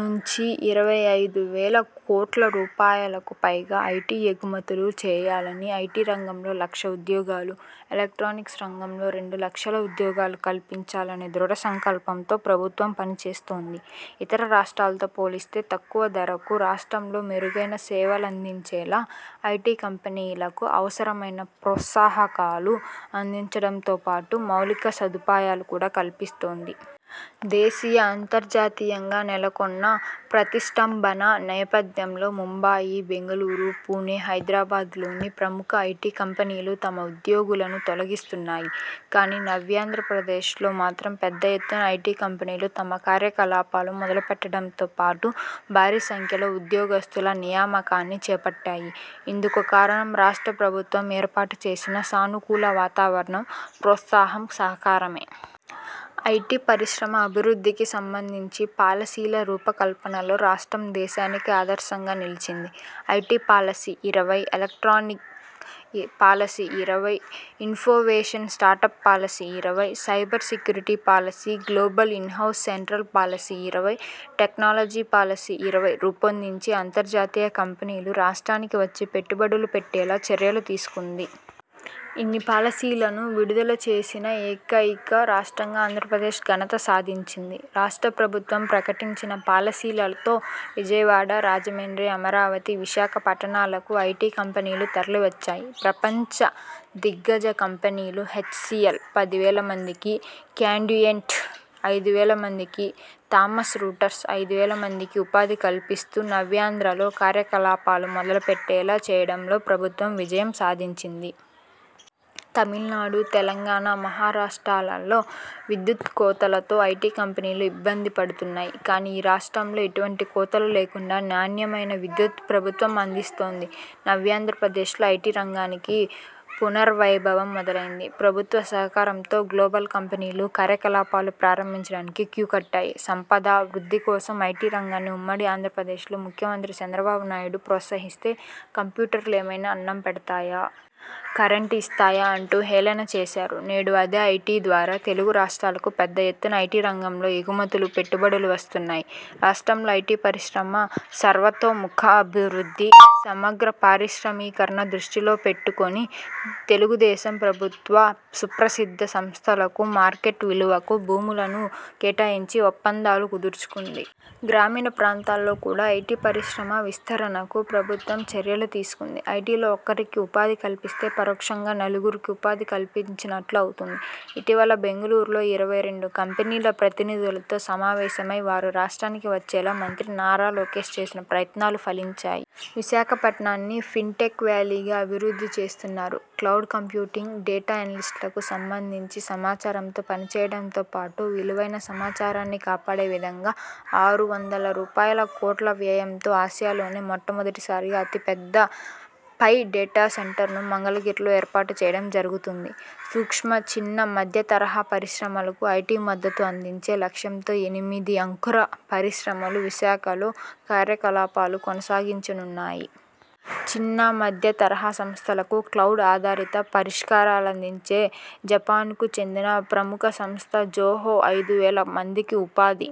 నుంచి ఇరవై ఐదు రూపాయలువేల కోట్లకు పైగా ఐటీ ఎగుమతులు చేయాలని, ఐటీ రంగంలో లక్ష ఉద్యోగాలు, ఎలక్ట్రానిక్స్ రంగంలో రెండు లక్షల ఉద్యోగాలు కల్పించాలనే దృఢ సంకల్పంతో ప్రభుత్వం పనిచేస్తోంది. ఇతర రాష్ట్రాలతో పోలిస్తే తక్కువ ధరకు రాష్ట్రంలో మెరుగైన సేవలందించేలా ఐటీ కంపెనీలకు అవసరమైన ప్రోత్సాహకాలు అందించడంతో పాటు మౌలిక సదుపాయాలు కూడా కల్పిస్తోంది. దేశీయ, అంతర్జాతీయంగా నెలకొన్న ప్రతిష్టంభన నేపథ్యంలో ముంబాయి, బెంగుళూరు, పూణె, హైదరాబాద్లోని ప్రముఖ ఐటీ కంపెనీలు తమ ఉద్యోగులను తొలగిస్తున్నాయి. కానీ నవ్యాంధ్రప్రదేశ్లో మాత్రం పెద్ద ఎత్తున ఐటీ కంపెనీలు తమ కార్యకలాపాలు మొదలుపెట్టడంతో పాటు భారీ సంఖ్యలో ఉద్యోగస్తుల నియామకాన్ని చేపట్టాయి. ఇందుకుకారణం రాష్ట్ర ప్రభుత్వం ఏర్పాటుచేసిన సానుకూల వాతావరణం, ప్రోత్సాహం సహకారమే. ఐటీ పరిశ్రమ అభివృద్ధికి సంబంధించి పాలసీల రూపకల్పనలో రాష్ట్రం దేశానికే ఆదర్శంగా నిలిచింది. ఐటీ పాలసీ –ఇరవై, ఎలక్ట్రానిక్ పాలసీ –ఇరవై, ఇన్నోవేషన్ స్టార్టప్ పాలసీ –ఇరవై, cyber security policy, global in house central policy –ఇరవై, టెక్నాలజీ పాలసీ –ఇరవై రూపొందించి అంతర్జాతీయ కంపెనీలు రాష్ట్రానికి వచ్చి పెట్టుబడులు పెట్టేలా చర్యలు తీసుకుంది. ఇన్ని పాలసీలను విడుదల చేసిన ఏకైక రాష్ట్రంగా ఆంధ్రప్రదేశ్ ఘనత సాధించింది. రాష్ట్ర ప్రభుత్వం ప్రకటించిన పాలసీలతో విజయవాడ, రాజమండ్రి, అమరావతి, విశాఖ పట్టణాలకు ఐటీ కంపెనీలు తరలివచ్చాయి. ప్రపంచ దిగ్గజ కంపెనీలు హెచ్సీఎల్ పదివేల మందికి, కాండ్యుయంట్ ఐదువేల మందికి, థామ్సన్ రూటర్స్ ఐదువేల మందికి ఉపాధి కల్పిస్తూ నవ్యాంధ్రలో కార్యకలాపాలు మొదలుపెట్టేలా చేయడంలో ప్రభుత్వం విజయం సాధించింది. తమిళనాడు, తెలంగాణ, మహారాష్ట్రలలో విద్యుత్ కోతలతో ఐటీ కంపెనీలు ఇబ్బంది పడుతున్నాయి. కానీ ఈ రాష్ట్రంలో ఎటువంటి కోతలు లేకుండా నాణ్యమైన విద్యుత్ను ప్రభుత్వం అందిస్తోంది. నవ్యాంధ్రప్రదేశ్లో ఐటీ రంగానికి పునర్వైభవం మొదలైంది. ప్రభుత్వ సహకారంతో గ్లోబల్ కంపెనీలు కార్యకలాపాలు ప్రారంభించడానికి క్యూ కట్టాయి. సంపద వృద్ధి కోసం ఐటీ రంగాన్ని ఉమ్మడి ఆంధ్రప్రదేశ్లో ముఖ్యమంత్రి చంద్రబాబునాయుడు ప్రోత్సహిస్తే కంప్యూటర్లు ఏమైనా అన్నం పెడతాయా? కరెంటు ఇస్తాయా? అంటూ హేళన చేశారు. నేడు అదే ఐటీ ద్వారా తెలుగు రాష్ట్రాలకు పెద్ద ఎత్తున ఐటీ రంగంలో ఎగుమతులు, పెట్టుబడులు వస్తున్నాయి. రాష్ట్రంలో ఐటీ పరిశ్రమ సర్వతోముఖాభివృద్ధి, సమగ్ర పారిశ్రామికీకరణ దృష్టిలో పెట్టుకొని తెలుగుదేశం ప్రభుత్వ సుప్రసిద్ధ సంస్థలకు మార్కెట్ విలువకు భూములను కేటాయించి ఒప్పందాలను కుదుర్చుకుంది. గ్రామీణ ప్రాంతాల్లో కూడా ఐటీ పరిశ్రమ విస్తరణకు ప్రభుత్వం చర్యలు తీసుకుంది. ఐటీలో ఒకరికి ఉపాధి కల్పిస్తే పరోక్షంగా నలుగురికి ఉపాధి కల్పించినట్లు అవుతుంది. ఇటీవల బెంగుళూరులో ఇరవై రెండు కంపెనీల ప్రతినిధులతో సమావేశమై వారు రాష్ట్రానికి వచ్చేలా మంత్రి నారా లోకేశ్ చేసిన ప్రయత్నాలు ఫలించాయి. విశాఖపట్టణాన్ని ఫిన్టెక్ వ్యాలీగా అభివృద్ధి చేస్తున్నారు. క్లౌడ్ కంప్యూటింగ్, డేటా ఎనలిస్ట్లకు సంబంధించి సమాచారంతో పనిచేయడంతో పాటు విలువైన సమాచారాన్ని కాపాడే విధంగా ఆరు వందల రూపాయలుకోట్ల వ్యయంతో ఆసియాలోనే మొట్టమొదటిసారిగా అతి పెద్ద పై డేటా సెంటర్ను మంగళగిరిలో ఏర్పాటు చేయడం జరుగుతుంది. సూక్ష్మ, చిన్న, మధ్యతరహా పరిశ్రమలకు ఐటీ మద్దతు అందించే లక్ష్యంతో ఎనిమిది అంకుర పరిశ్రమలు విశాఖలో కార్యకలాపాలు కొనసాగించనున్నాయి. చిన్న, మధ్య తరహా సంస్థలకు క్లౌడ్ ఆధారిత పరిష్కారాలందించే జపాన్కు చెందిన ప్రముఖ సంస్థ జోహో ఐదు వేల మందికి ఉపాధి